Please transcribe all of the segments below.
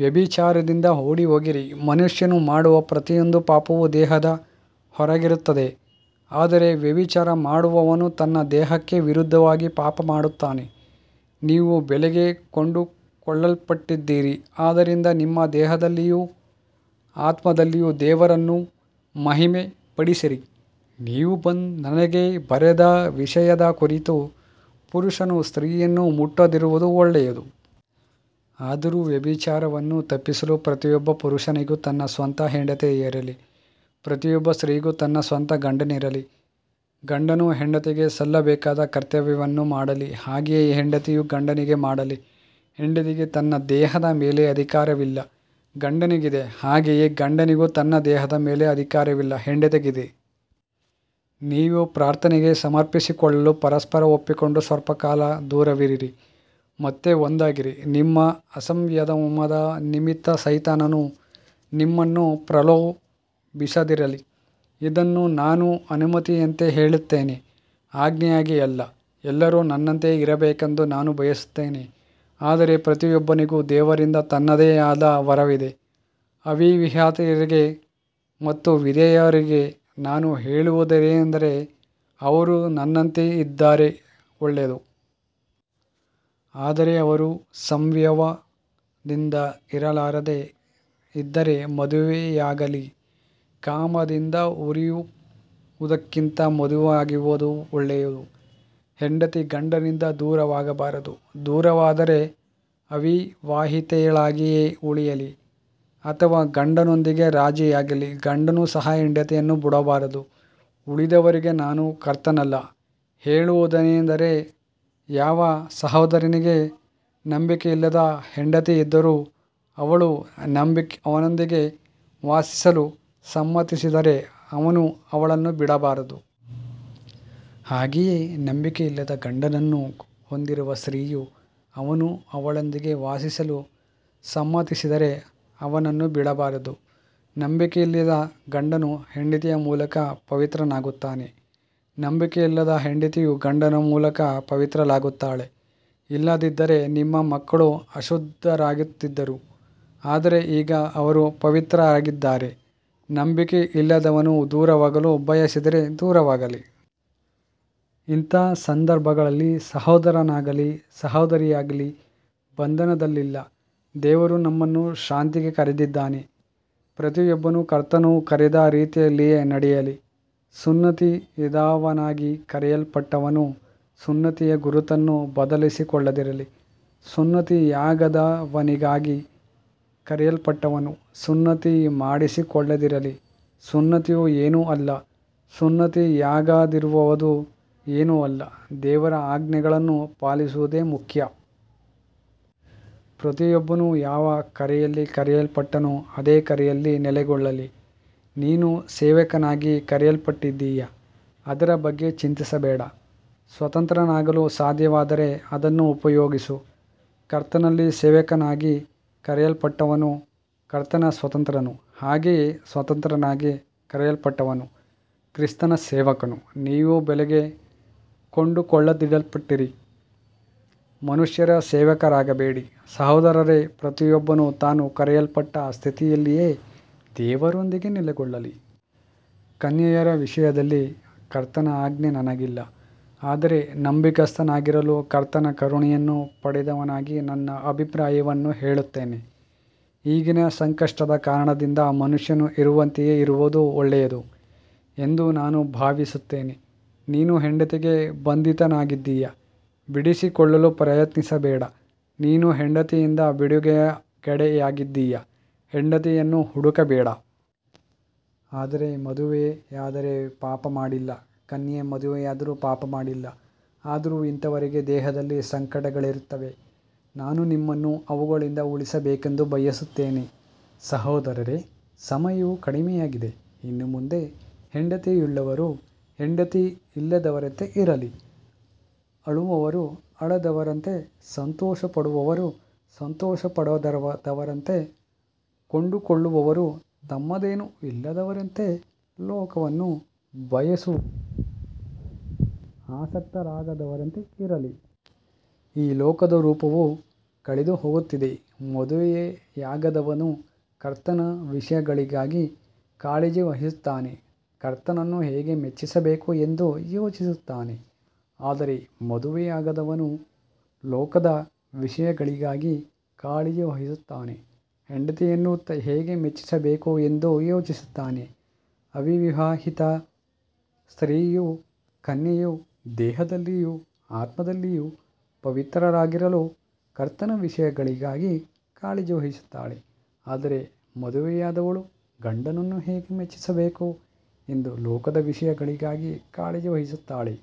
ವ್ಯಭಿಚಾರದಿಂದ ಓಡಿಹೋಗಿರಿ. ಮನುಷ್ಯನು ಮಾಡುವ ಪ್ರತಿಯೊಂದು ಪಾಪವೂ ದೇಹದ ಹೊರಗಿರುತ್ತದೆ, ಆದರೆ ವ್ಯಭಿಚಾರ ಮಾಡುವವನು ತನ್ನ ದೇಹಕ್ಕೆ ವಿರುದ್ಧವಾಗಿ ಪಾಪಮಾಡುತ್ತಾನೆ. ನೀವು ಬೆಲೆಗೆ ಕೊಂಡುಕೊಳ್ಳಲ್ಪಟ್ಟಿದ್ದೀರಿ, ಆದ್ದರಿಂದ ನಿಮ್ಮ ದೇಹದಲ್ಲಿಯೂ ಆತ್ಮದಲ್ಲಿಯೂ ದೇವರನ್ನು ಮಹಿಮೆಪಡಿಸಿರಿ. ನೀವು ನನಗೆ ಬರೆದ ವಿಷಯದ ಕುರಿತು, ಪುರುಷನು ಸ್ತ್ರೀಯನ್ನು ಮುಟ್ಟದಿರುವುದು ಒಳ್ಳೆಯದು. ಆದರೂ ವ್ಯಭಿಚಾರವನ್ನು ತಪ್ಪಿಸಲು ಪ್ರತಿಯೊಬ್ಬ ಪುರುಷನಿಗೂ ತನ್ನ ಸ್ವಂತ ಹೆಂಡತಿಯಿರಲಿ, ಪ್ರತಿಯೊಬ್ಬ ಸ್ತ್ರೀಗೂ ತನ್ನ ಸ್ವಂತ ಗಂಡನಿರಲಿ. ಗಂಡನು ಹೆಂಡತಿಗೆ ಸಲ್ಲಬೇಕಾದ ಕರ್ತವ್ಯವನ್ನು ಮಾಡಲಿ, ಹಾಗೆಯೇ ಹೆಂಡತಿಯೂ ಗಂಡನಿಗೆ ಮಾಡಲಿ. ಹೆಂಡತಿಗೆ ತನ್ನ ದೇಹದ ಮೇಲೆ ಅಧಿಕಾರವಿಲ್ಲ, ಗಂಡನಿಗಿದೆ, ಹಾಗೆಯೇ ಗಂಡನಿಗೂ ತನ್ನ ದೇಹದ ಮೇಲೆ ಅಧಿಕಾರವಿಲ್ಲ, ಹೆಂಡತಿಗಿದೆ. ನೀವು ಪ್ರಾರ್ಥನೆಗೆ ಸಮರ್ಪಿಸಿಕೊಳ್ಳಲು ಪರಸ್ಪರ ಒಪ್ಪಿಕೊಂಡು ಸ್ವಲ್ಪಕಾಲ ದೂರವಿರಿರಿ, ಮತ್ತೆ ಒಂದಾಗಿರಿ, ನಿಮ್ಮ ಅಸಂಯಮದ ನಿಮಿತ್ತ ಸೈತಾನನು ನಿಮ್ಮನ್ನು ಪ್ರಲೋಭಿಸದಿರಲಿ. ಇದನ್ನು ನಾನು ಅನುಮತಿಯಂತೆ ಹೇಳುತ್ತೇನೆ, ಆಜ್ಞೆಯಾಗಿ ಅಲ್ಲ. ಎಲ್ಲರೂ ನನ್ನಂತೆಯೇ ಇರಬೇಕೆಂದು ನಾನು ಬಯಸುತ್ತೇನೆ, ಆದರೆ ಪ್ರತಿಯೊಬ್ಬನಿಗೂ ದೇವರಿಂದ ತನ್ನದೇ ಆದ ವರವಿದೆ. ಅವಿವಾಹಿತರಿಗೆ ಮತ್ತು ವಿಧವೆಯರಿಗೆ ನಾನು ಹೇಳುವುದೇನೆಂದರೆ, ಅವರು ನನ್ನಂತೆಯೇ ಇದ್ದರೆ ಒಳ್ಳೆಯದು. ಆದರೆ ಅವರು ಸಂಯಮದಿಂದ ಇರಲಾರದೆ ಇದ್ದರೆ ಮದುವೆಯಾಗಲಿ, ಕಾಮದಿಂದ ಉರಿಯುವುದಕ್ಕಿಂತ ಮದುವೆಯಾಗುವುದು ಒಳ್ಳೆಯದು. ಹೆಂಡತಿ ಗಂಡನಿಂದ ದೂರವಾಗಬಾರದು, ದೂರವಾದರೆ ಅವಿವಾಹಿತಳಾಗಿಯೇ ಉಳಿಯಲಿ ಅಥವಾ ಗಂಡನೊಂದಿಗೆ ರಾಜಿಯಾಗಲಿ, ಗಂಡನು ಸಹ ಹೆಂಡತಿಯನ್ನು ಬಿಡಬಾರದು. ಉಳಿದವರಿಗೆ ನಾನು, ಕರ್ತನಲ್ಲ, ಹೇಳುವುದೇನೆಂದರೆ, ಯಾವ ಸಹೋದರನಿಗೆ ನಂಬಿಕೆಯಿಲ್ಲದ ಹೆಂಡತಿಯಿದ್ದರೂ ಅವಳು ಅವನೊಂದಿಗೆ ವಾಸಿಸಲು ಸಮ್ಮತಿಸಿದರೆ ಅವನು ಅವಳನ್ನು ಬಿಡಬಾರದು. ಹಾಗೆಯೇ ನಂಬಿಕೆಯಿಲ್ಲದ ಗಂಡನನ್ನು ಹೊಂದಿರುವ ಸ್ತ್ರೀಯು, ಅವನು ಅವಳೊಂದಿಗೆ ವಾಸಿಸಲು ಸಮ್ಮತಿಸಿದರೆ, ಅವನನ್ನು ಬಿಡಬಾರದು. ನಂಬಿಕೆಯಿಲ್ಲದ ಗಂಡನು ಹೆಂಡತಿಯ ಮೂಲಕ ಪವಿತ್ರನಾಗುತ್ತಾನೆ, ನಂಬಿಕೆಯಿಲ್ಲದ ಹೆಂಡತಿಯು ಗಂಡನ ಮೂಲಕ ಪವಿತ್ರಳಾಗುತ್ತಾಳೆ. ಇಲ್ಲದಿದ್ದರೆ ನಿಮ್ಮ ಮಕ್ಕಳು ಅಶುದ್ಧರಾಗುತ್ತಿದ್ದರು, ಆದರೆ ಈಗ ಅವರು ಪವಿತ್ರರಾಗಿದ್ದಾರೆ. ನಂಬಿಕೆಯಿಲ್ಲದವನು ದೂರವಾಗಲು ಬಯಸಿದರೆ ದೂರವಾಗಲಿ. ಇಂಥ ಸಂದರ್ಭಗಳಲ್ಲಿ ಸಹೋದರನಾಗಲಿ ಸಹೋದರಿಯಾಗಲಿ ಬಂಧನದಲ್ಲಿಲ್ಲ, ದೇವರು ನಮ್ಮನ್ನು ಶಾಂತಿಗೆ ಕರೆದಿದ್ದಾನೆ. ಪ್ರತಿಯೊಬ್ಬನು ಕರ್ತನು ಕರೆದ ರೀತಿಯಲ್ಲಿಯೇ ನಡೆಯಲಿ. ಸುನ್ನತಿಯಾದವನಾಗಿ ಕರೆಯಲ್ಪಟ್ಟವನು ಸುನ್ನತಿಯ ಗುರುತನ್ನು ಬದಲಿಸಿಕೊಳ್ಳದಿರಲಿ, ಸುನ್ನತಿಯಾಗದವನಾಗಿ ಕರೆಯಲ್ಪಟ್ಟವನು ಸುನ್ನತಿ ಮಾಡಿಸಿಕೊಳ್ಳದಿರಲಿ. ಸುನ್ನತಿಯು ಏನೂ ಅಲ್ಲ, ಸುನ್ನತಿಯಾಗದಿರುವುದೂ ಏನೂ ಅಲ್ಲ, ದೇವರ ಆಜ್ಞೆಗಳನ್ನು ಪಾಲಿಸುವುದೇ ಮುಖ್ಯ. ಪ್ರತಿಯೊಬ್ಬನು ಯಾವ ಕರೆಯಲ್ಲಿ ಕರೆಯಲ್ಪಟ್ಟನೋ ಅದೇ ಕರೆಯಲ್ಲಿ ನೆಲೆಗೊಳ್ಳಲಿ. ನೀನು ಸೇವಕನಾಗಿ ಕರೆಯಲ್ಪಟ್ಟಿದ್ದೀಯಾ, ಅದರ ಬಗ್ಗೆ ಚಿಂತಿಸಬೇಡ. ಸ್ವತಂತ್ರನಾಗಲು ಸಾಧ್ಯವಾದರೆ ಅದನ್ನು ಉಪಯೋಗಿಸು. ಕರ್ತನಲ್ಲಿ ಸೇವಕನಾಗಿ ಕರೆಯಲ್ಪಟ್ಟವನು ಕರ್ತನ ಸ್ವತಂತ್ರನು, ಹಾಗೆಯೇ ಸ್ವತಂತ್ರನಾಗಿ ಕರೆಯಲ್ಪಟ್ಟವನು ಕ್ರಿಸ್ತನ ಸೇವಕನು. ನೀವು ಬೆಲೆಗೆ ಕೊಂಡುಕೊಳ್ಳಲ್ಪಟ್ಟಿದ್ದೀರಿ, ಮನುಷ್ಯರ ಸೇವಕರಾಗಬೇಡಿ. ಸಹೋದರರೇ, ಪ್ರತಿಯೊಬ್ಬನು ತಾನು ಕರೆಯಲ್ಪಟ್ಟ ಸ್ಥಿತಿಯಲ್ಲಿಯೇ ದೇವರೊಂದಿಗೆ ನೆಲೆಗೊಳ್ಳಲಿ. ಕನ್ಯೆಯರ ವಿಷಯದಲ್ಲಿ ಕರ್ತನ ಆಜ್ಞೆ ನನಗಿಲ್ಲ, ಆದರೆ ನಂಬಿಗಸ್ತನಾಗಿರಲು ಕರ್ತನ ಕರುಣೆಯನ್ನು ಪಡೆದವನಾಗಿ ನನ್ನ ಅಭಿಪ್ರಾಯವನ್ನು ಹೇಳುತ್ತೇನೆ. ಈಗಿನ ಸಂಕಷ್ಟದ ಕಾರಣದಿಂದ ಮನುಷ್ಯನು ಇರುವಂತೆಯೇ ಇರುವುದು ಒಳ್ಳೆಯದು ಎಂದು ನಾನು ಭಾವಿಸುತ್ತೇನೆ. ನೀನು ಹೆಂಡತಿಗೆ ಬಂಧಿತನಾಗಿದ್ದೀಯಾ, ಬಿಡಿಸಿಕೊಳ್ಳಲು ಪ್ರಯತ್ನಿಸಬೇಡ. ನೀನು ಹೆಂಡತಿಯಿಂದ ಬಿಡುಗಡೆಯಾಗಿದ್ದೀಯಾ, ಹೆಂಡತಿಯನ್ನು ಹುಡುಕಬೇಡ. ಆದರೆ ಮದುವೆಯಾದರೆ ಪಾಪಮಾಡಿಲ್ಲ, ಕನ್ಯೆ ಮದುವೆಯಾದರೂ ಪಾಪಮಾಡಿಲ್ಲ. ಆದರೂ ಇಂಥವರಿಗೆ ದೇಹದಲ್ಲಿ ಸಂಕಟಗಳಿರುತ್ತವೆ, ನಾನು ನಿಮ್ಮನ್ನು ಅವುಗಳಿಂದ ಉಳಿಸಬೇಕೆಂದು ಬಯಸುತ್ತೇನೆ. ಸಹೋದರರೇ, ಸಮಯವು ಕಡಿಮೆಯಾಗಿದೆ. ಇನ್ನು ಮುಂದೆ ಹೆಂಡತಿಯುಳ್ಳವರು ಹೆಂಡತಿಯಿಲ್ಲದವರಂತೆ ಇರಲಿ, ಅಳುವವರು ಅಳದವರಂತೆ, ಸಂತೋಷಪಡುವವರು ಸಂತೋಷಪಡದವರಂತೆ, ಕೊಂಡುಕೊಳ್ಳುವವರು ತಮ್ಮದೇನೂ ಇಲ್ಲದವರಂತೆ, ಲೋಕವನ್ನು ಬಳಸುವವರು ಅದರಲ್ಲಿ ಆಸಕ್ತರಾಗದವರಂತೆ ಇರಲಿ. ಈ ಲೋಕದ ರೂಪವು ಕಳೆದುಹೋಗುತ್ತಿದೆ. ಮದುವೆಯಾಗದವನು ಕರ್ತನ ವಿಷಯಗಳಿಗಾಗಿ ಕಾಳಜಿವಹಿಸುತ್ತಾನೆ, ಕರ್ತನನ್ನು ಹೇಗೆ ಮೆಚ್ಚಿಸಬೇಕು ಎಂದು ಯೋಚಿಸುತ್ತಾನೆ. ಆದರೆ ಮದುವೆಯಾದವನು ಲೋಕದ ವಿಷಯಗಳಿಗಾಗಿ ಕಾಳಜಿವಹಿಸುತ್ತಾನೆ, ಹೆಂಡತಿಯನ್ನು ಹೇಗೆ ಮೆಚ್ಚಿಸಬೇಕು ಎಂದು ಯೋಚಿಸುತ್ತಾನೆ. ಅವಿವಾಹಿತ ಸ್ತ್ರೀಯೂ ಕನ್ಯೆಯೂ ದೇಹದಲ್ಲಿಯೂ ಆತ್ಮದಲ್ಲಿಯೂ ಪವಿತ್ರಳಾಗಿರಲು ಕರ್ತನ ವಿಷಯಗಳಿಗಾಗಿ ಕಾಳಜಿವಹಿಸುತ್ತಾಳೆ, ಆದರೆ ಮದುವೆಯಾದವಳು ಗಂಡನನ್ನು ಹೇಗೆ ಮೆಚ್ಚಿಸಬೇಕು ಎಂದು ಲೋಕದ ವಿಷಯಗಳಿಗಾಗಿ ಕಾಳಜಿವಹಿಸುತ್ತಾಳೆ.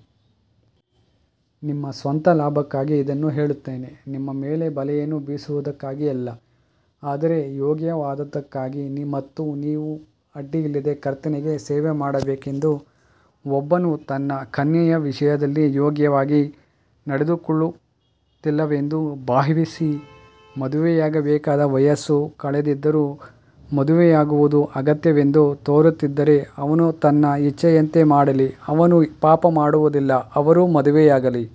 ನಿಮ್ಮ ಸ್ವಂತ ಲಾಭಕ್ಕಾಗಿ ಇದನ್ನು ಹೇಳುತ್ತೇನೆ, ನಿಮ್ಮ ಮೇಲೆ ಬಲೆಯನ್ನು ಬೀಸುವುದಕ್ಕಾಗಿ ಅಲ್ಲ, ಆದರೆ ಯೋಗ್ಯವಾದದ್ದಕ್ಕಾಗಿ ಮತ್ತು ನೀವು ಅಡ್ಡಿಯಿಲ್ಲದೆ ಕರ್ತನಿಗೆ ಸೇವೆಮಾಡಬೇಕೆಂದು. ಒಬ್ಬನು ತನ್ನ ಕನ್ಯೆಯ ವಿಷಯದಲ್ಲಿ ಯೋಗ್ಯವಾಗಿ ನಡೆದುಕೊಳ್ಳುತ್ತಿಲ್ಲವೆಂದು ಭಾವಿಸಿ, ಮದುವೆಯಾಗಬೇಕಾದ ವಯಸ್ಸು ಕಳೆದಿದ್ದರೂ ಮದುವೆಯಾಗುವುದು ಅಗತ್ಯವೆಂದು ತೋರುತ್ತಿದ್ದರೆ, ಅವನು ತನ್ನ ಇಚ್ಛೆಯಂತೆ ಮಾಡಲಿ, ಅವನು ಪಾಪಮಾಡುವುದಿಲ್ಲ, ಅವರು ಮದುವೆಯಾಗಲಿ.